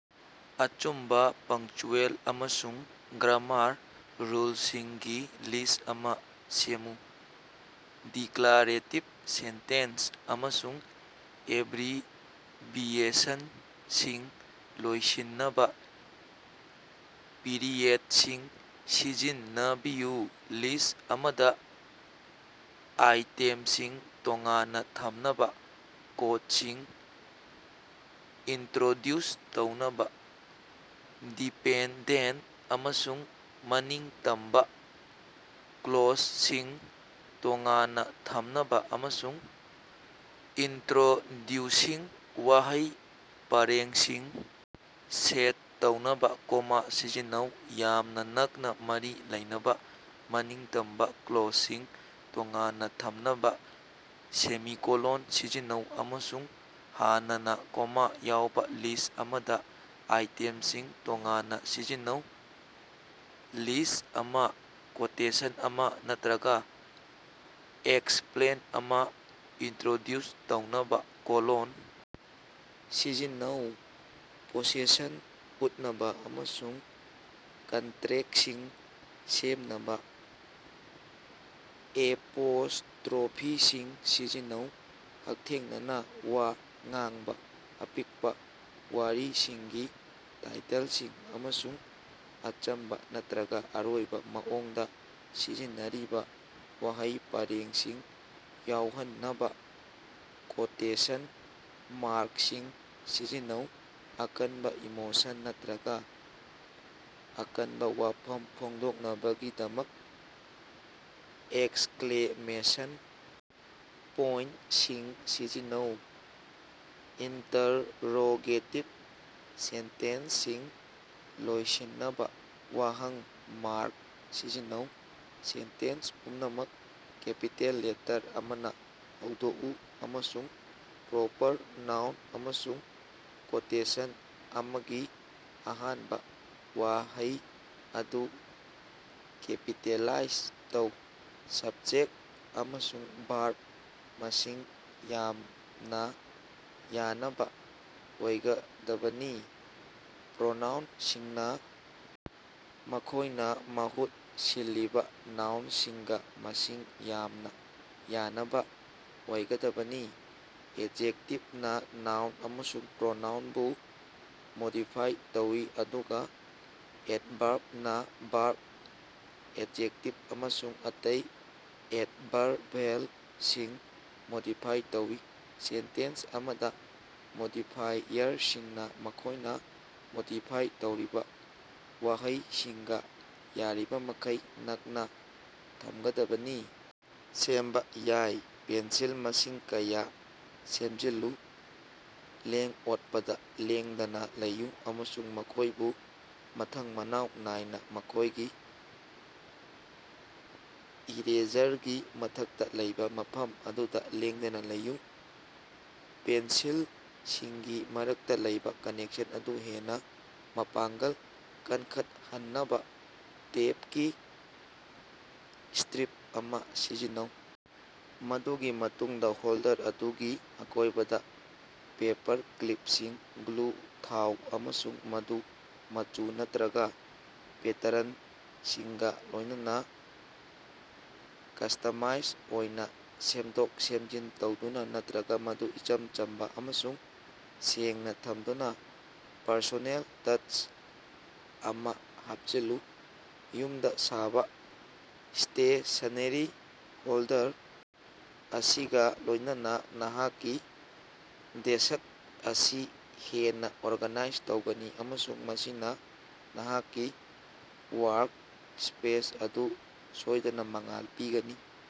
ꯑꯆꯨꯝꯕ ꯄꯪꯆ꯭ꯌꯨꯑꯦꯜ ꯑꯃꯁꯨꯡ grammar ꯔꯨꯜꯁꯤꯡꯒꯤ list ꯑꯃ ꯁꯦꯝꯃꯨ꯫ ꯗꯤꯀ꯭ꯂꯥꯔꯦꯇꯤꯚ ꯁꯦꯟꯇꯦꯟꯁ ꯑꯃꯁꯨꯡ ꯑꯦꯕ꯭ꯔꯤꯕꯤꯌꯦꯁꯟꯁꯤꯡ ꯂꯣꯏꯁꯤꯟꯅꯕ ꯄꯤꯔꯤꯌꯦꯗꯁꯤꯡ ꯁꯤꯖꯤꯟꯅꯕꯤꯌꯨ꯫ ꯂꯤꯁꯠ ꯑꯃꯗ ꯑꯥꯏꯇꯦꯝꯁꯤꯡ ꯇꯣꯉꯥꯟꯅ ꯊꯝꯅꯕ, ꯀꯣꯠꯁꯤꯡ ꯏꯟꯇ꯭ꯔꯣꯗ꯭ꯌꯨꯁ ꯇꯧꯅꯕ, ꯗꯤꯄꯦꯟꯗꯦꯟꯇ ꯑꯃꯁꯨꯡ ꯃꯅꯤꯡꯇꯝꯕ ꯀ꯭ꯂꯣꯖꯁꯤꯡ ꯇꯣꯉꯥꯟꯅ ꯊꯝꯅꯕ ꯑꯃꯁꯨꯡ ꯏꯟꯇ꯭ꯔꯣꯗ꯭ꯌꯨꯁꯤꯡ ꯋꯥꯍꯩ ꯄꯔꯦꯡꯁꯤꯡ ꯁꯦꯠ ꯇꯧꯅꯕ ꯀꯣꯃꯥ ꯁꯤꯖꯤꯟꯅꯧ꯫ ꯌꯥꯝꯅ ꯅꯛꯅ ꯃꯔꯤ ꯂꯩꯅꯕ ꯃꯅꯤꯡꯇꯝꯕ ꯀ꯭ꯂꯣꯖꯁꯤꯡ ꯇꯣꯉꯥꯟꯅ ꯊꯝꯅꯕ ꯁꯦꯃꯤꯀꯣꯂꯟ ꯁꯤꯖꯤꯟꯅꯧ ꯑꯃꯁꯨꯡ ꯍꯥꯟꯅꯅ ꯀꯣꯃꯥ ꯌꯥꯎꯕ ꯂꯤꯁꯠ ꯑꯃꯗ ꯑꯥꯏꯇꯦꯝꯁꯤꯡ ꯇꯣꯉꯥꯟꯅ ꯁꯤꯖꯤꯟꯅꯧ꯫ ꯂꯤꯁꯠ ꯑꯃ, ꯀꯣꯇꯦꯁꯟ ꯑꯃ ꯅꯠꯇ꯭ꯔꯒ ꯑꯦꯛꯁꯄ꯭ꯂꯦꯟ ꯑꯃ ꯏꯟꯇ꯭ꯔꯣꯗ꯭ꯌꯨꯁ ꯇꯧꯅꯕ ꯀꯣꯂꯣꯟ ꯁꯤꯖꯤꯟꯅꯧ꯫ ꯄꯣꯁꯦꯁꯟ ꯎꯠꯅꯕ ꯑꯃꯁꯨꯡ ꯀꯟꯇ꯭ꯔꯦꯛꯇꯁꯤꯡ ꯁꯦꯝꯅꯕ ꯑꯦꯄꯣꯁꯇ꯭ꯔꯣꯐꯤꯁꯤꯡ ꯁꯤꯖꯤꯟꯅꯧ꯫ ꯍꯛꯊꯦꯡꯅꯅ ꯋꯥ ꯉꯥꯡꯕ, ꯑꯄꯤꯛꯄ ꯋꯥꯔꯤꯁꯤꯡꯒꯤ ꯇꯥꯏꯇꯜꯁꯤꯡ, ꯑꯃꯁꯨꯡ ꯑꯆꯝꯕ ꯅꯠꯇ꯭ꯔꯒ ꯑꯔꯣꯏꯕ ꯃꯑꯣꯡꯗ ꯁꯤꯖꯤꯟꯅꯔꯤꯕ ꯋꯥꯍꯩ ꯄꯔꯦꯡꯁꯤꯡ ꯌꯥꯎꯍꯟꯅꯕ ꯀꯣꯇꯦꯁꯟ ꯃꯥꯔꯛꯁꯤꯡ ꯁꯤꯖꯤꯟꯅꯧ꯫ ꯑꯀꯟꯕ ꯏꯃꯣꯁꯟ ꯅꯠꯇ꯭ꯔꯒ ꯑꯀꯟꯕ ꯋꯥꯐꯝ ꯐꯣꯡꯗꯣꯛꯅꯕꯒꯤꯗꯃꯛ ꯑꯦꯛꯁꯀ꯭ꯂꯦꯃꯦꯁꯟ ꯄꯣꯏꯟꯇꯁꯤꯡ ꯁꯤꯖꯤꯟꯅꯧ꯫ ꯏꯟꯇꯔꯔꯣꯒꯦꯇꯤꯚ ꯁꯦꯟꯇꯦꯟꯁꯁꯤꯡ ꯂꯣꯏꯁꯤꯟꯅꯕ ꯋꯥꯍꯪ ꯃꯥꯔꯛ ꯁꯤꯖꯤꯟꯅꯧ꯫ ꯁꯦꯟꯇꯦꯟꯁ ꯄꯨꯝꯅꯃꯛ ꯀꯦꯄꯤꯇꯦꯜ ꯂꯦꯇꯔ ꯑꯃꯅ ꯍꯧꯗꯣꯛꯎ, ꯑꯃꯁꯨꯡ ꯄ꯭ꯔꯣꯄꯔ ꯅꯥꯎꯟ ꯑꯃꯁꯨꯡ ꯀꯣꯇꯦꯁꯟ ꯑꯃꯒꯤ ꯑꯍꯥꯟꯕ ꯋꯥꯍꯩ ꯑꯗꯨ ꯀꯦꯄꯤꯇꯦꯂꯥꯏꯖ ꯇꯧ꯫ ꯁꯕꯖꯦꯛꯇ ꯑꯃꯁꯨꯡ ꯚꯔꯕ ꯃꯁꯤꯡ ꯌꯥꯝꯅ ꯌꯥꯅꯕ ꯑꯣꯏꯒꯗꯕꯅꯤ꯫ ꯄ꯭ꯔꯣꯅꯥꯎꯟꯁꯤꯡꯅ ꯃꯈꯣꯏꯅ ꯃꯍꯨꯠ ꯁꯤꯜꯂꯤꯕ ꯅꯥꯎꯟꯁꯤꯡꯒ ꯃꯁꯤꯡ ꯌꯥꯝꯅ ꯌꯥꯅꯕ ꯑꯣꯏꯒꯗꯕꯅꯤ꯫ ꯑꯦꯖꯦꯛꯇꯤꯚꯅ ꯅꯥꯎꯟ ꯑꯃꯁꯨꯡ ꯄ꯭ꯔꯣꯅꯥꯎꯟꯕꯨ ꯃꯣꯗꯤꯐꯥꯏ ꯇꯧꯏ ꯑꯗꯨꯒ ꯑꯦꯗꯚꯔꯕꯅ ꯚꯔꯕ, ꯑꯦꯖꯦꯛꯇꯤꯚ ꯑꯃꯁꯨꯡ ꯑꯇꯩ ꯑꯦꯗꯚꯔꯕꯜꯁꯤꯡ ꯃꯣꯗꯤꯐꯥꯏ ꯇꯧꯏ꯫ ꯁꯦꯟꯇꯦꯟꯁ ꯑꯃꯗ ꯃꯣꯗꯤꯐꯥꯏꯌꯔꯁꯤꯡꯅ ꯃꯈꯣꯏꯅ ꯃꯣꯗꯤꯐꯥꯏ ꯇꯧꯔꯤꯕ ꯋꯥꯍꯩꯁꯤꯡꯒ ꯌꯥꯔꯤꯕꯃꯈꯩ ꯅꯛꯅ ꯊꯝꯒꯗꯕꯅꯤ꯫ ꯁꯦꯝꯕ ꯌꯥꯏ꯫ ꯄꯦꯟꯁꯤꯜ ꯃꯁꯤꯡ ꯀꯌꯥ ꯁꯦꯝꯖꯤꯜꯂꯨ, ꯂꯦꯡ-ꯑꯣꯠꯄꯗ ꯂꯦꯡꯗꯅ ꯂꯩꯌꯨ ꯑꯃꯁꯨꯡ ꯃꯈꯣꯏꯗꯨ ꯃꯊꯪ-ꯃꯅꯥꯎ ꯅꯥꯏꯅ ꯃꯈꯣꯏꯒꯤ ꯏꯔꯦꯖꯔꯒꯤ ꯃꯊꯛꯇ ꯂꯩꯕ ꯃꯐꯝ ꯑꯗꯨꯗ ꯂꯦꯡꯗꯅ ꯂꯩꯌꯨ꯫ ꯄꯦꯟꯁꯤꯜꯁꯤꯡꯒꯤ ꯃꯔꯛꯇ ꯂꯩꯕ ꯀꯅꯦꯛꯁꯟ ꯑꯗꯨ ꯍꯦꯟꯅ ꯃꯄꯥꯡꯒꯜ ꯀꯟꯈꯠꯍꯟꯅꯕ ꯇꯦꯞꯀꯤ ꯁ꯭ꯇꯔꯤꯞ ꯑꯃ ꯁꯤꯖꯤꯟꯅꯧ꯫ ꯃꯗꯨꯒꯤ ꯃꯇꯨꯡꯗ ꯍꯣꯜꯗꯔ ꯑꯗꯨꯒꯤ ꯑꯀꯣꯏꯕꯗ ꯄꯦꯄꯔꯀ꯭ꯂꯤꯄꯁꯤꯡ ꯒ꯭ꯂꯨ ꯊꯥꯎ ꯑꯃꯁꯨꯡ ꯃꯗꯨ ꯃꯆꯨ ꯅꯠꯇ꯭ꯔꯒ ꯄꯦꯇꯔꯟꯁꯤꯡꯒ ꯂꯣꯏꯅꯅ ꯀꯁꯇꯃꯥꯏꯁ ꯑꯣꯏꯅ ꯁꯦꯝꯗꯣꯛ-ꯁꯦꯝꯖꯤꯟ ꯇꯧꯗꯨꯅ, ꯅꯠꯇ꯭ꯔꯒ ꯃꯗꯨ ꯏꯆꯝ ꯆꯝꯕ ꯑꯃꯁꯨꯡ ꯁꯦꯡꯅ ꯊꯝꯗꯨꯅ ꯄꯔꯁꯣꯅꯦꯜ ꯇꯆ ꯑꯃ ꯍꯥꯞꯆꯤꯜꯂꯨ꯫ ꯌꯨꯝꯗ ꯁꯥꯕ ꯁ꯭ꯇꯦꯁꯅꯦꯔꯤ ꯍꯣꯜꯗꯔ ꯑꯁꯤꯒ ꯂꯣꯏꯅꯅ ꯅꯍꯥꯛꯀꯤ ꯗꯦꯁ꯭ꯛ ꯑꯁꯤ ꯍꯦꯟꯅ ꯑꯣꯔꯒꯅꯥꯏꯖ ꯇꯧꯒꯅꯤ, ꯑꯃꯁꯨꯡ ꯃꯁꯤꯅ ꯅꯍꯥꯛꯀꯤ ꯋꯥꯔꯛ-ꯁ꯭ꯄꯦꯁ ꯑꯗꯨ ꯁꯣꯏꯗꯅ ꯃꯉꯥꯜ ꯄꯤꯒꯅꯤ꯫